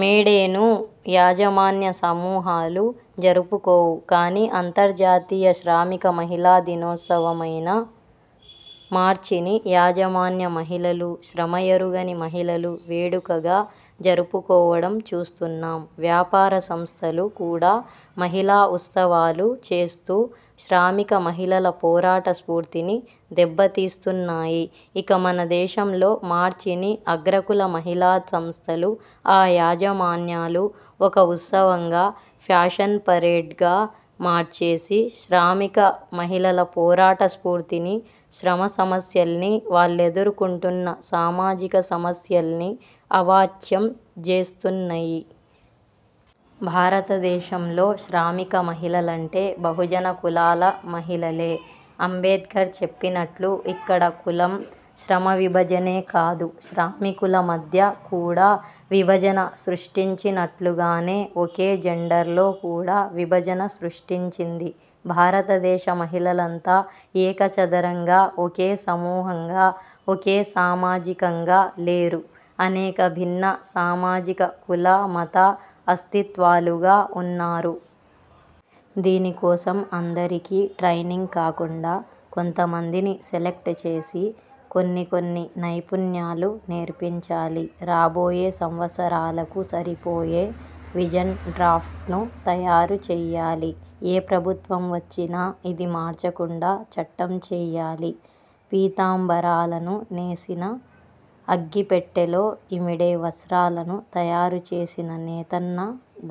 మే డేను యాజ మాన్య సమూహాలు జరుపుకోవు. కానీ అంతర్జాతీయ శ్రామిక మహిళా దినోత్సవమైన మార్చి ని యాజమాన్య మహిళలు, శ్రమ ఎరుగని మహిళలు వేడుకగా జరుపుకోవడం చూస్తున్నాం. వ్యాపార సంస్థలు కూడా మహిళా ఉత్సవాలు చేస్తూ శ్రామిక మహిళల పోరాట స్ఫూర్తిని దెబ్బతీస్తున్నాయి. ఇక మన దేశంలో మార్చి ని అగ్రకుల మహిళా సంస్థలు, ఆ యాజమాన్యాలు ఒక ఉత్సవంగా, ఫ్యాషన్ పరేడ్గా మార్చేసి శ్రామిక మహిళల పోరాట స్ఫూర్తిని, శ్రమ సమస్యల్ని, వాళ్లెదుర్కుంటున్న సామాజిక సమస్యల్ని అవాచ్యం జేస్తున్నయి. భారతదేశంలో శ్రామిక మహిళలంటే బహుజన కులాల మహిళలే. అంబేడ్కర్ చెప్పినట్లు ఇక్కడ కులం శ్రమ విభజనే కాదు, శ్రామికుల మధ్య కూడా విభజన సృష్టించినట్లుగానే ఒకే జెండర్లో కూడా విభజన సృష్టించింది. భారతదేశ మహిళలంతా ఏక చదరంగా, ఒకే సమూహంగా, ఒకే సామాజికంగా లేరు. అనేక భిన్న సామాజిక కుల, మత అస్తిత్వాలుగా వున్నారు. దీనికోసం అందరికీ ట్రైనింగ్ కాకుండా కొంతమందిని సెలక్ట్ చేసి కొన్ని కొన్ని నైపుణ్యాలు నేర్పించాలి. రాబోయే సంవత్సరాలకు సరిపోయే విజన్ డ్రాఫ్ట్ను తయారు చెయ్యాలి. ఏ ప్రభుత్వం వచ్చినా ఇది మార్చకుండా చట్టం చెయ్యాలి. పీతాంబరాలను నేసిన, అగ్గిపెట్టెలో ఇమిడే వస్ర్తాలను తయారు చేసిన నేతన్న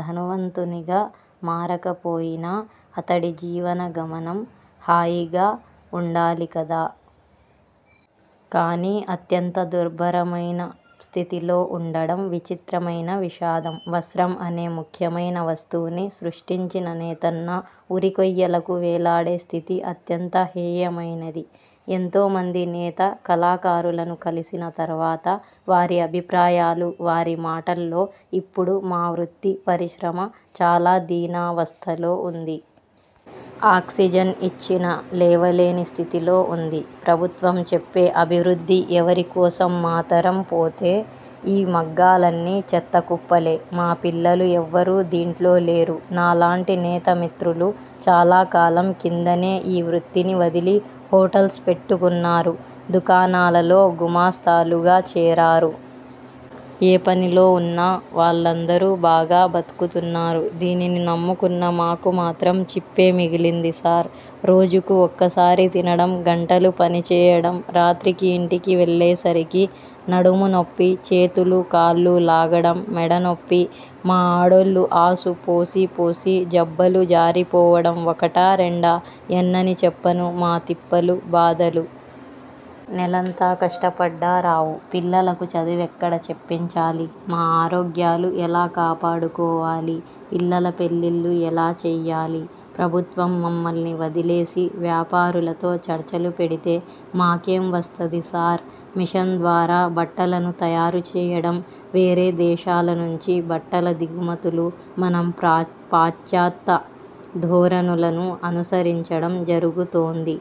ధనవంతునిగా మారకపోయినా అతడి జీవన గమనం హాయిగా ఉండాలి కదా! కానీ అత్యంత దుర్భరమైన స్థితిలో ఉండడం విచిత్రమైన విషాదం. 'వస్త్రం' అనే ముఖ్యమైన వస్తువుని సృష్టించిన 'నేతన్న', 'ఉరి'కొయ్యలకు వేలాడే స్థితి అత్యంత హేయమయినది. ఎంతో మంది నేత కళాకారులను కలిసిన తర్వాత, వారి అభిప్రాయాలు వారి మాటల్లో– ఇప్పుడు మా 'వృత్తి' పరిశ్రమ చాలా దీనావస్థలో వుంది. ''ఆక్సిజన్ ఇచ్చినా లేవలేని స్థితిలో వుంది. ప్రభుత్వం చెప్పే అభివృద్ధి ఎవరి కోసం మాతరం పోతే ఈ మగ్గాలన్నీ చెత్తకుప్పలే. మా పిల్లలు ఎవ్వరూ దీంట్లో లేరు. ' నాలాంటి 'నేత' మిత్రులు చాలాకాలం కిందనే ఈ వృత్తిని వదిలి హోటల్స్ పెట్టుకున్నారు. దుకాణాలలో గుమస్తాలుగా చేరారు. ఏ పనిలో వున్నా వాళ్ళందరూ బాగా బతుకుతున్నారు. దీనిని నమ్ముకున్న మాకు మాత్రం 'చిప్పే' మిగిలింది సార్! రోజుకు ఒక్కసారి తినడం గంటలు పనిచేయడం రాత్రికి ఇంటికి వెళ్ళేసరికి నడుము నొప్పి, చేతులు కాళ్ళు లాగడం మెడ నొప్పి మా ఆడోళ్ళు ఆసు పోసి పోసి జబ్బలు జారిపోవడం ఒకటా, రెండా ఎన్నని చెప్పను మా తిప్పలు, బాధలు. నెలంతా కష్టపడ్డా రావు. పిల్లలకు చదువెక్కడ చెప్పించాలి. మా ఆరోగ్యాలు ఎలా కాపాడుకోవాలి. పిల్లల పెళ్ళిళ్లు ఎలా చెయ్యాలి. ప్రభుత్వం మమ్మల్ని వదిలేసి వ్యాపారులతో చర్చలు పెడితే మాకేం వస్తది సార్! మిషన్ ద్వారా బట్టలను తయారు చేయడం, వేరే దేశాల నుంచి బట్టల దిగుమతులు, మనం పాశ్చాత్య ధోరణులను అనుసరించడం జరుగుతోంది.